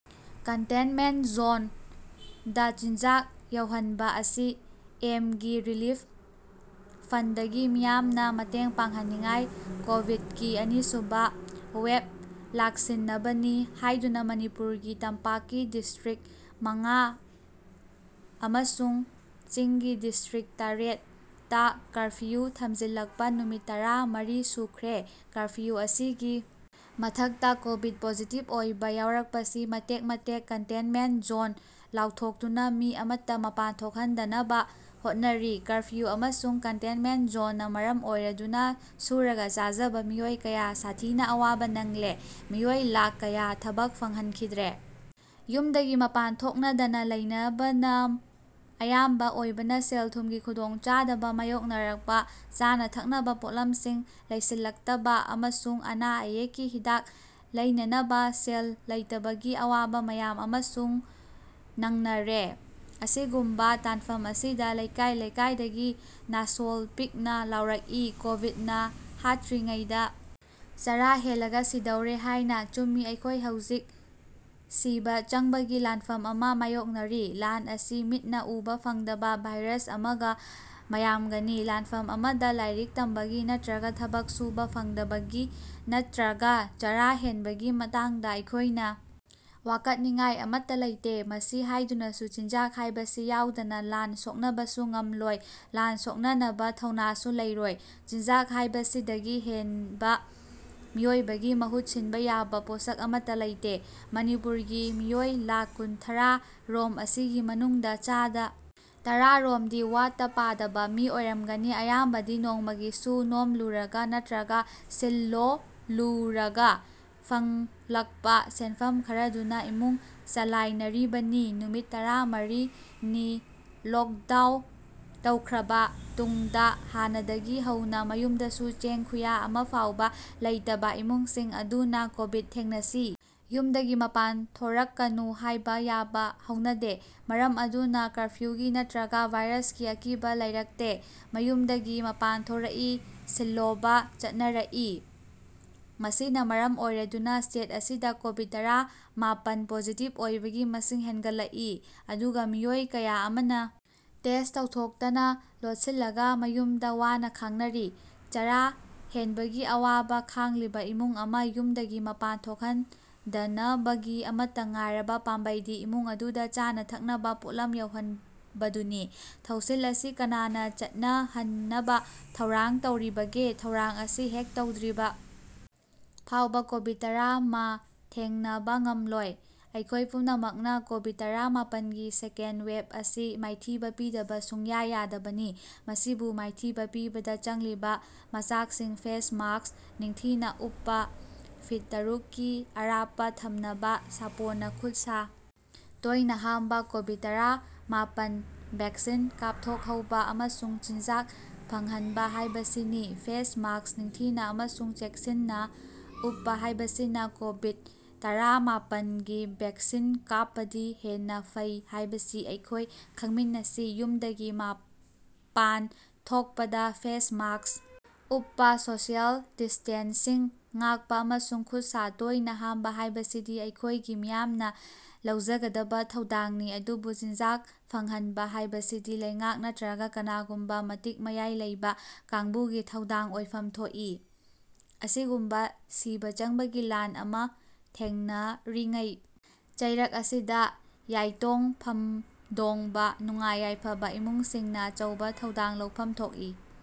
Contentment ꯖꯣꯟꯗ ꯆꯤꯟꯖꯥꯛ ꯌꯧꯍꯟꯕ ꯁꯤ ꯑꯦꯝꯒꯤ ꯔꯤꯂꯤꯐ ꯐꯟꯗꯒꯤ ꯃꯤꯌꯥꯝꯅ ꯃꯇꯦꯡ ꯄꯥꯡꯍꯟꯅꯤꯡꯏ ꯀꯣꯚꯤꯗꯀꯤ ꯑꯅꯤꯁꯨꯕ ꯋꯦꯚ ꯂꯥꯛꯁꯤꯟꯅꯕꯅꯤ ꯍꯥꯏꯗꯨꯅ ꯃꯅꯤꯄꯨꯔꯒꯤ ꯇꯝꯄꯥꯛꯀꯤ ꯗꯤꯁꯇ꯭ꯔꯤꯛꯠ ꯃꯉꯥ ꯑꯃꯁꯨꯡ ꯆꯤꯡꯒꯤ ꯗꯤꯁꯇ꯭ꯔꯤꯛꯠ ꯇꯥꯔꯦꯠ ꯇꯥ ꯀꯔꯐ꯭ꯌꯨ ꯊꯝꯖꯤꯜꯂꯛꯄ ꯅꯨꯃꯤꯠ ꯇꯔꯥ ꯃꯔꯤ ꯁꯨꯈ꯭ꯔꯦ꯫ ꯀꯔꯐ꯭ꯌꯨ ꯑꯁꯤꯒꯤ ꯃꯊꯛꯇ ꯀꯣꯚꯤꯗ ꯄꯣꯖꯤꯇꯤꯚ ꯑꯣꯏꯕ ꯌꯥꯎꯔꯛꯄꯁꯤ ꯃꯇꯦꯛ ꯃꯇꯦꯛ ꯀꯟꯇꯦꯟꯃꯦꯟꯠ ꯖꯣꯟ ꯂꯥꯎꯊꯣꯛꯇꯨꯅ ꯃꯤ ꯑꯃꯠꯇ ꯃꯄꯥꯟ ꯊꯣꯛꯍꯟꯗꯅꯕ ꯍꯣꯠꯅꯔꯤ꯫ ꯀꯔꯐ꯭ꯌꯨ ꯑꯃꯁꯨꯡ ꯀꯟꯇꯦꯟꯃꯦꯟꯠ ꯖꯣꯟꯅ ꯃꯔꯝ ꯑꯣꯏꯔꯗꯨꯅ ꯁꯨꯔꯒ ꯆꯥꯖꯕ ꯃꯤꯑꯣꯏ ꯀꯌꯥ ꯁꯥꯊꯤꯅ ꯑꯋꯥꯕ ꯅꯡꯂꯦ, ꯃꯤꯑꯣꯏ ꯂꯥꯈ ꯀꯌꯥ ꯊꯕꯛ ꯐꯪꯍꯟꯈꯤꯗ꯭ꯔꯦ꯫ ꯌꯨꯝꯗꯒꯤ ꯃꯄꯥꯟ ꯊꯣꯛꯅꯗꯅ ꯂꯩꯅꯕꯅ ꯑꯌꯥꯝꯕ ꯑꯣꯏꯕꯅ ꯁꯦꯜ-ꯊꯨꯝꯒꯤ ꯈꯨꯗꯣꯡꯆꯥꯗꯕ ꯃꯥꯌꯣꯛꯅꯔꯛꯄ, ꯆꯥꯅ-ꯊꯛꯅꯕ ꯄꯣꯠꯂꯝꯁꯤꯡ ꯂꯩꯁꯤꯜꯂꯛꯇꯕ ꯑꯃꯁꯨꯡ ꯑꯅꯥ ꯑꯌꯦꯛꯀꯤ ꯍꯤꯗꯥꯛ ꯂꯩꯅꯅꯕ ꯁꯦꯜ ꯂꯩꯇꯕꯒꯤ ꯑꯋꯥꯕ ꯃꯌꯥꯝ ꯑꯃꯁꯨꯡ ꯅꯡꯅꯔꯦ꯫ ꯑꯁꯤꯒꯨꯝꯕ ꯇꯥꯟꯐꯝ ꯑꯁꯤꯗ ꯂꯩꯀꯥꯏ ꯂꯩꯀꯥꯏꯗꯒꯤ ꯅꯥꯁꯣꯜ ꯄꯤꯛꯅ ꯂꯥꯎꯔꯛꯏ, ꯀꯣꯚꯤꯗꯅ ꯍꯥꯠꯇ꯭ꯔꯤꯉꯩꯗ ꯆꯥꯔꯥ ꯍꯦꯜꯂꯒ ꯁꯤꯗꯧꯔꯦ ꯍꯥꯏꯅ, ꯆꯨꯝꯃꯤ ꯑꯩꯈꯣꯏ ꯍꯧꯖꯤꯛ ꯁꯤꯕ ꯆꯪꯕꯒꯤ ꯂꯥꯟꯐꯝ ꯑꯃ ꯃꯥꯌꯣꯛꯅꯔꯤ꯫ ꯂꯥꯟ ꯑꯁꯤ ꯃꯤꯠꯅ ꯎꯕ ꯐꯪꯗꯕ ꯚꯥꯏꯔꯁ ꯑꯃꯒ ꯃꯌꯥꯝꯒꯅꯤ, ꯂꯥꯟꯐꯝ ꯑꯃꯗ ꯂꯥꯏꯔꯤꯛ ꯇꯝꯕꯒꯤ ꯅꯠꯇ꯭ꯔꯒ ꯊꯕꯛ ꯁꯨꯕ ꯐꯪꯗꯕꯒꯤ ꯅꯠꯇ꯭ꯔꯒ ꯆꯥꯔꯥ ꯍꯦꯟꯕꯒꯤ ꯃꯇꯥꯡꯗ ꯑꯩꯈꯣꯏꯅ ꯋꯥꯀꯠꯅꯤꯉꯥꯏ ꯑꯃꯠꯇ ꯂꯩꯇꯦ꯫ ꯃꯁꯤ ꯍꯥꯏꯗꯨꯅꯁꯨ ꯆꯤꯟꯖꯥꯛ ꯍꯥꯏꯕꯁꯤ ꯌꯥꯎꯗꯅ ꯂꯥꯟ ꯁꯣꯛꯅꯕꯁꯨ ꯉꯝꯂꯣꯏ, ꯂꯥꯟ ꯁꯣꯛꯅꯅꯕ ꯊꯧꯅꯥꯁꯨ ꯂꯩꯔꯣꯏ꯫ ꯆꯤꯟꯖꯥꯛ ꯍꯥꯏꯕꯁꯤꯗꯒꯤ ꯍꯦꯟꯕ ꯃꯤꯑꯣꯏꯕꯒꯤ ꯃꯍꯨꯠ ꯁꯤꯟꯕ ꯌꯥꯕ ꯄꯣꯠꯁꯛ ꯑꯃꯠꯇ ꯂꯩꯇꯦ꯫ ꯃꯅꯤꯄꯨꯔꯒꯤ ꯃꯤꯑꯣꯏ ꯂꯥꯈ ꯀꯨꯟꯊꯔꯥ ꯔꯣꯝ ꯑꯁꯤꯒꯤ ꯃꯅꯨꯡꯗ ꯆꯥꯗ ꯇꯔꯥ ꯔꯣꯝꯗꯤ ꯋꯥꯠꯇ-ꯄꯥꯗꯕ ꯃꯤ ꯑꯣꯏꯔꯝꯒꯅꯤ꯫ ꯑꯌꯥꯝꯕꯗꯤ ꯅꯣꯡꯃꯒꯤ ꯁꯨ-ꯅꯣꯝꯂꯨꯔꯒ ꯅꯠꯇ꯭ꯔꯒ ꯁꯤꯜꯂꯣꯂꯨꯔꯒ ꯐꯪꯂꯛꯄ ꯁꯦꯟꯐꯝ ꯈꯔꯗꯨꯅ ꯏꯃꯨꯡ ꯆꯂꯥꯏꯅꯔꯤꯕꯅꯤ꯫ ꯅꯨꯃꯤꯠ ꯇꯔꯥ ꯃꯔꯤ ꯅꯤ ꯂꯣꯛꯗꯥꯎ ꯇꯧꯈ꯭ꯔꯕ ꯇꯨꯡꯗ ꯍꯥꯟꯅꯗꯒꯤ ꯍꯧꯅ ꯃꯌꯨꯝꯗꯁꯨ ꯆꯦꯡ ꯈꯨꯌꯥ ꯑꯃꯐꯥꯎꯕ ꯂꯩꯇꯕ ꯏꯃꯨꯡꯁꯤꯡ ꯑꯗꯨꯅ ꯀꯣꯚꯤꯗ ꯊꯦꯡꯅꯁꯤ, ꯌꯨꯝꯗꯒꯤ ꯃꯄꯥꯟ ꯊꯣꯔꯛꯀꯅꯨ ꯍꯥꯏꯕ ꯌꯥꯕ ꯍꯧꯅꯗꯦ꯫ ꯃꯔꯝ ꯑꯗꯨꯅ ꯀꯔꯐ꯭ꯌꯨꯒꯤ ꯅꯠꯇ꯭ꯔꯒ ꯚꯥꯏꯔꯁꯀꯤ ꯑꯀꯤꯕ ꯂꯩꯔꯛꯇꯦ꯫ ꯃꯌꯨꯝꯗꯒꯤ ꯃꯄꯥꯟ ꯊꯣꯔꯛꯏ, ꯁꯤꯜꯂꯣꯕ ꯆꯠꯅꯔꯛꯏ꯫ ꯃꯁꯤꯅ ꯃꯔꯝ ꯑꯣꯏꯔꯗꯨꯅ ꯁ꯭ꯇꯦꯠ ꯑꯁꯤꯗ ꯀꯣꯚꯤꯗ-ꯇꯔꯥ ꯃꯥꯄꯟ ꯄꯣꯖꯤꯇꯤꯚ ꯑꯣꯏꯕꯒꯤ ꯃꯁꯤꯡ ꯍꯦꯟꯒꯠꯂꯛꯏ, ꯑꯗꯨꯒ ꯃꯤꯑꯣꯏ ꯀꯌꯥ ꯑꯃꯅ ꯇꯦꯁꯠ ꯇꯧꯊꯣꯛꯇꯅ ꯂꯣꯠꯁꯤꯜꯂꯒ ꯃꯌꯨꯝꯗ ꯋꯅꯥ ꯈꯥꯡꯅꯔꯤ꯫ ꯆꯥꯔꯥ ꯍꯦꯟꯕꯒꯤ ꯑꯋꯥꯕ ꯈꯥꯡꯂꯤꯕ ꯏꯃꯨꯡ ꯑꯃ ꯌꯨꯝꯗꯒꯤ ꯃꯄꯥꯟ ꯊꯣꯛꯍꯟꯗꯅꯕꯒꯤ ꯑꯃꯠꯇ ꯉꯥꯏꯔꯕ ꯄꯥꯝꯕꯩꯗꯤ ꯏꯃꯨꯡ ꯑꯗꯨꯗ ꯆꯥꯅ-ꯊꯛꯅꯕ ꯄꯣꯠꯂꯝ ꯌꯧꯍꯟꯕꯗꯨꯅꯤ꯫ ꯊꯧꯁꯤꯜ ꯑꯁꯤ ꯀꯅꯥꯅꯥ ꯆꯠꯅꯍꯟꯅꯕ ꯊꯧꯔꯥꯡ ꯇꯧꯔꯤꯕꯒꯦ, ꯊꯧꯔꯥꯡ ꯑꯁꯤ ꯍꯦꯛ ꯇꯧꯗ꯭ꯔꯤꯕ ꯐꯥꯎꯕ ꯀꯣꯚꯤꯗ-ꯇꯔꯥ ꯃꯥ ꯊꯦꯡꯅꯕ ꯉꯝꯂꯣꯏ꯫ ꯑꯩꯈꯣꯏ ꯄꯨꯝꯅꯃꯛꯅ ꯀꯣꯚꯤꯗ ꯇꯔꯥ ꯃꯥꯄꯟꯒꯤ ꯁꯦꯀꯦꯟꯗ ꯋꯦꯚ ꯑꯁꯤ ꯃꯥꯏꯊꯤꯕ ꯄꯤꯗꯕ ꯁꯨꯡꯌꯥ ꯌꯥꯗꯕꯅꯤ꯫ ꯃꯁꯤꯕꯨ ꯃꯥꯏꯊꯤꯕ ꯄꯤꯕꯗ ꯆꯪꯂꯤꯕ ꯃꯆꯥꯛꯁꯤꯡ ꯐꯦꯁ ꯃꯥꯁꯛ ꯅꯤꯡꯊꯤꯅ ꯎꯞꯄ, ꯐꯤꯠ ꯇꯔꯨꯛ ꯀꯤ ꯑꯔꯥꯞꯄ ꯊꯝꯅꯕ, ꯁꯥꯄꯣꯟꯅ ꯈꯨꯠ-ꯁꯥ ꯇꯣꯏꯅ ꯍꯥꯝꯕ, ꯀꯣꯚꯤꯗ-ꯇꯔꯥ ꯃꯥꯄꯟ ꯚꯦꯛꯁꯤꯟ ꯀꯥꯞꯊꯣꯛꯍꯧꯕ ꯑꯃꯁꯨꯡ ꯆꯤꯟꯖꯥꯛ ꯐꯪꯍꯟꯕ ꯍꯥꯏꯕꯁꯤꯅꯤ꯫ ꯐꯦꯁ ꯃꯥꯁꯛ ꯅꯤꯡꯊꯤꯅ ꯑꯃꯁꯨꯡ ꯆꯦꯛꯁꯤꯟꯅ ꯎꯞꯄ ꯍꯥꯏꯕꯁꯤꯅ ꯀꯣꯚꯤꯗ ꯇꯔꯥ ꯃꯥꯄꯟ ꯒꯤ ꯚꯦꯛꯁꯤꯟ ꯀꯥꯞꯄꯗꯤ ꯍꯦꯟꯅ ꯐꯩ ꯍꯥꯏꯕꯁꯤ ꯑꯩꯈꯣꯏ ꯈꯪꯃꯤꯟꯅꯁꯤ꯫ ꯌꯨꯝꯗꯒꯤ ꯃꯄꯥꯟ ꯊꯣꯛꯄꯗ ꯐꯦꯁ ꯃꯥꯁꯛ ꯎꯞꯄ, ꯁꯣꯁꯤꯌꯦꯜ ꯗꯤꯁ꯭ꯇꯦꯟꯁꯤꯡ ꯉꯥꯛꯄ ꯑꯃꯁꯨꯡ ꯈꯨꯠ-ꯁꯥ ꯇꯣꯏꯅ ꯍꯥꯝꯕ ꯍꯥꯏꯕꯁꯤꯗꯤ ꯑꯩꯈꯣꯏꯒꯤ ꯃꯤꯌꯥꯝꯅ ꯂꯧꯖꯒꯗꯕ ꯊꯧꯗꯥꯡꯅꯤ ꯑꯗꯨꯕꯨ ꯆꯤꯟꯖꯥꯛ ꯐꯪꯍꯟꯕ ꯍꯥꯏꯕꯁꯤꯗꯤ ꯂꯩꯉꯥꯛ ꯅꯠꯇ꯭ꯔꯒ ꯀꯅꯥꯒꯨꯝꯕ ꯃꯇꯤꯛ ꯃꯌꯥꯏ ꯂꯩꯕ ꯀꯥꯡꯕꯨꯒꯤ ꯊꯧꯗꯥꯡ ꯑꯣꯏꯐꯝ ꯊꯣꯛꯏ꯫ ꯑꯁꯤꯒꯨꯝꯕ ꯁꯤꯕ ꯆꯪꯕꯒꯤ ꯂꯥꯟ ꯑꯃ ꯊꯦꯡꯅꯔꯤꯉꯩ ꯆꯩꯔꯛ ꯑꯁꯤꯗ ꯌꯥꯏꯇꯣꯡ ꯐꯝꯗꯣꯡꯕ, ꯅꯨꯡꯉꯥꯏ ꯌꯥꯏꯐꯕ ꯏꯃꯨꯡꯁꯤꯡꯅ ꯑꯆꯧꯕ ꯊꯧꯗꯥꯡ ꯂꯧꯐꯝ ꯊꯣꯛꯏ꯫